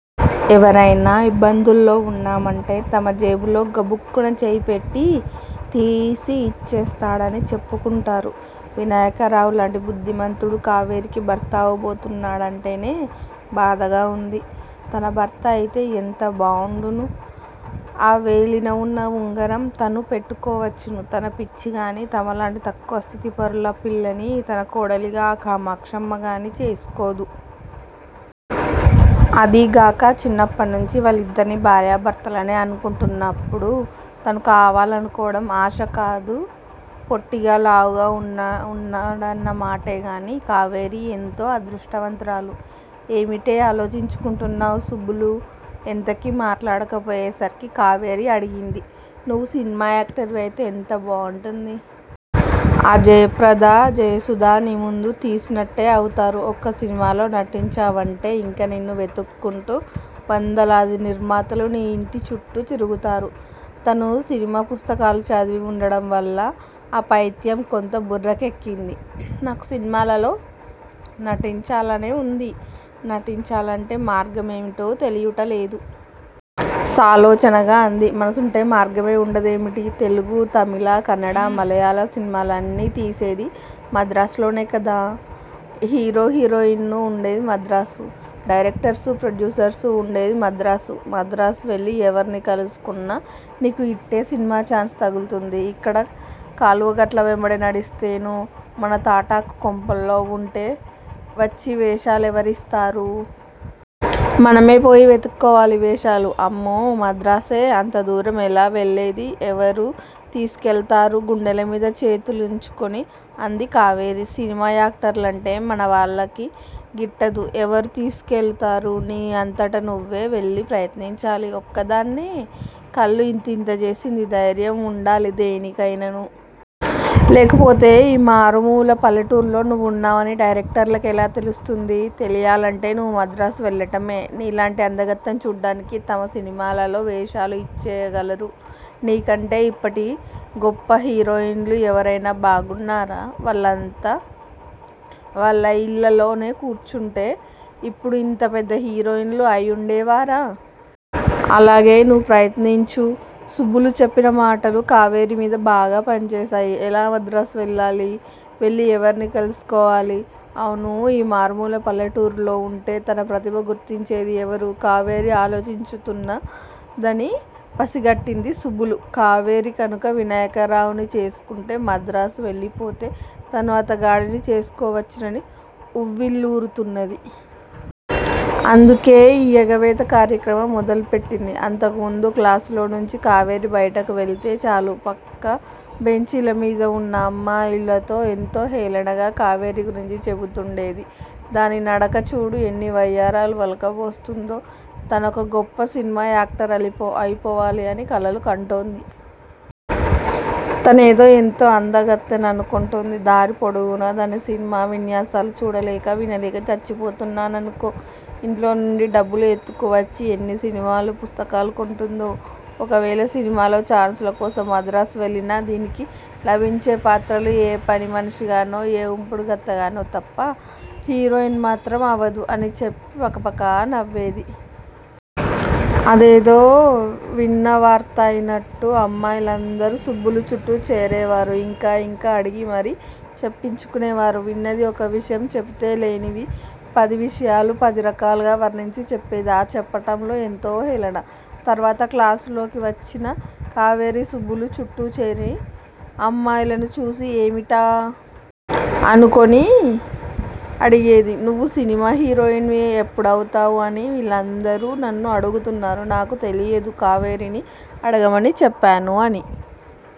ఎవరయినా యిబ్బందులలో వున్నామంటే తన జేబులో గబుక్కున చెయ్యి పెట్టి తీసి యిచ్చేస్తాడని చెప్పుకుంటారు. వినాయకరావులాంటి బుద్దిమంతుడు కావేరికి భర్త అవబోతున్నాడంటేనే బాధగా వున్నది. తన భర్త అయితే ఎంత బాగుండును? ఆ వేలినవున్న ఉంగరం తను పెట్టుకోవచ్చును. తన పిచ్చి గానీ! తమలాంటి తక్కువ స్థితి పరుల పిల్లని తన కోడలిగా ఆ కామాక్షమ్మ గానీ చేసుకోదు! అదీ గాక చిన్నప్పటి నుంచీ వాళ్ళిద్దరినీ భార్యా భర్తలనే అనుకుంటున్నప్పుడు తను కావాలనుకోవటం ఆశ కదూ? పొట్టిగా లావుగా వున్నాడన్నమాటే గాని కావేరి ఎంతో అదృష్టవంతురాలు. ఏమిటే ఆలోచించుకుంటున్నావు సుబ్బులూ? ఎంతకీ మాట్లాడకపోయే సరికి కావేరి అడిగింది. నువ్వు సినిమా యాక్టర్ వి అయితే ఎంత బాగుంటుంది? ఆ జయప్రద-జయసుధ నీముందు తీసినట్టే అవుతారు. ఒక్క సినిమాలో నటించావంటే యింక నిన్ను వెతుక్కుంటూ వందలాది నిర్మాతలు నీ యింటి చుట్టూ తిరుగుతారు. తనూ సినిమా పుస్తకాలు చదివి వుండటం వలన ఆపైత్యం కొంత బుర్రకి ఎక్కింది. నాకు సినిమాలలో నటించాలనే వున్నది. నటించాలంటే మార్గం ఏమిటో తెలియుట లేదు. సాలోచనగా అంది. మనసుంటే మార్గమే వుండదేమిటి? తెలుగు, తమిళ, కన్నడ, మళయాళ సినిమాలన్నీ తీసేది మద్రాసులోనే కదా? హీరో, హీరోయిన్ను వుండేది మద్రాసు. డైరెక్టర్సు, ప్రొడ్యూసర్సు వుండేది మద్రాసు! మద్రాసు వెళ్ళి ఎవరిని కలుసుకున్నా నీకు యిట్టే సినిమా ఛాన్సు తగులుతుంది. యిక్కడ కాలువగట్ల వెంబడి నడిస్తేను-మన తాటాకు కొంపల్లో వుంటే వచ్చి వేషాలు ఎవరిస్తారు? మనమే పోయి వెతుక్కోవాలి వేషాలు! అమ్మో! మద్రాసే? అంత దూరం ఎలా వెళ్లేది? ఎవరు తీసుకెళ్ళతారు? గుండెలమీద చేతులుంచుకుని అంది కావేరి. సినిమా యాక్టర్లంటే మన వాళ్ళకి గిట్టదు ఎవరు తీసుకెళ్ళుతారు? నీ అంతట నువ్వే వెళ్ళి ప్రయత్నించాలి! ఒక్కదాన్నే? కళ్ళు యింతింత చేసింది. ధైర్యం వుండాలి దేనికయినాను! లేకపోతే ఈ మారుమూల పల్లెటూరిలో నువ్వున్నావని డైరెక్టర్లకి ఎలా తెలుస్తుంది? తెలియాలంటే నువ్వు మద్రాసు వెళ్ళటమే! నీలాంటి అందగత్తెను చూడగానే తమ సినిమాలలో వేషాలు యిచ్చేయగలరు? నీకంటే యిప్పటి గొప్ప హీరోయిన్ లు ఎవరయినా బాగున్నారా? వాళ్ళంతా వాళ్ళయిళ్ళల్లోనే కూర్చుంటే యిప్పుడు యింత పెద్ద హీరోయిన్ లు అయివుండే వారా? అలాగే నువ్వు ప్రయత్నించు! సుబ్బులు చెప్పిన మాటలు కావేరి మీద బాగా పనిచేశాయి. ఎలా మద్రాసు వెళ్ళాలి? వెళ్ళి ఎవరిని కలుసుకోవాలి? అవునూ! ఈ మారుమూల పల్లెటూరిలో వుంటే తన ప్రతిభ గుర్తించేదెవరు? కావేరి ఆలోచించుతున్నదని పసిగట్టింది సుబ్బులు! కావేరి కనుక వినాయకరావుని చేసుకోకుండా మద్రాసు వెళ్ళిపోతే తను అతగాడిని చేసుకోవచ్చునని ఉవ్విళ్ళూరుతున్నది. అందుకే ఈ ఎగవేత కార్యక్రమం మొదలుపెట్టింది. అంతకుముందు క్లాసులో నుంచి కావేరి బైటికి వెళ్ళితే చాలు! పక్క బెంచీల మీద వున్న అమ్మాయిలతో ఎంతో హేళనగా కావేరి గురించి చెప్పుతుండేది! దాని నడక చూడు? ఎన్ని వయ్యారాలు వలుకబోస్తుందో? తానొక గొప్ప సినిమా యాక్టర్ అయిపోవాలని కలలు కంటోంది. తనేదో ఎంతో అందగత్తెననుకుంటోంది దారి పొడుగునా దాని సినిమా విన్యాసాలు చూడలేక వినలేక చచ్చిపోతున్నాననుకో! యింట్లో నుండి డబ్బులు ఎత్తుకు వచ్చి ఎన్ని సినిమా పుస్తకాలు కొంటుందో? ఒకవేళ సినిమాలో చాన్సుల కోసం మద్రాసు వెళ్ళినా దీనికి లభించే పాత్రలు ఏ పని మనిషిగానో? ఏ ఉంపుడుకత్తెగానో తప్ప హీరోయిన్ మాత్రం అవదు అని చెప్పి పక పకా నవ్వేది! అదేదో విన్త వార్త అయినట్టు అమ్మాయిలందరూ సుబ్బులు చుట్టూ చేరేవారు. యింకా యింకా అడిగి మరి చెప్పించుకునేవారు. విన్నది ఒక విషయం చెప్పితే లేనివి పది విషయాలు పది రకాలుగా వర్ణించి చెప్పేది. ఆ చెప్పటంలో ఎంతో హేళన! ఆ తరువాత క్లాసులోకి వచ్చిన కావేరి సుబ్బులు చుట్టూ చేరినా అమ్మాయిలను చూసి ఏమిటా? అని అనుకుని అడిగేది! నువ్వు సినిమా హీరోయిన్ వి ఎప్పుడు అవుతావు? అని వీళ్ళందరూ నన్ను అడుగుతున్నారు నాకు తెలియదు! కావేరినీ అడగమని చెప్పాను! అని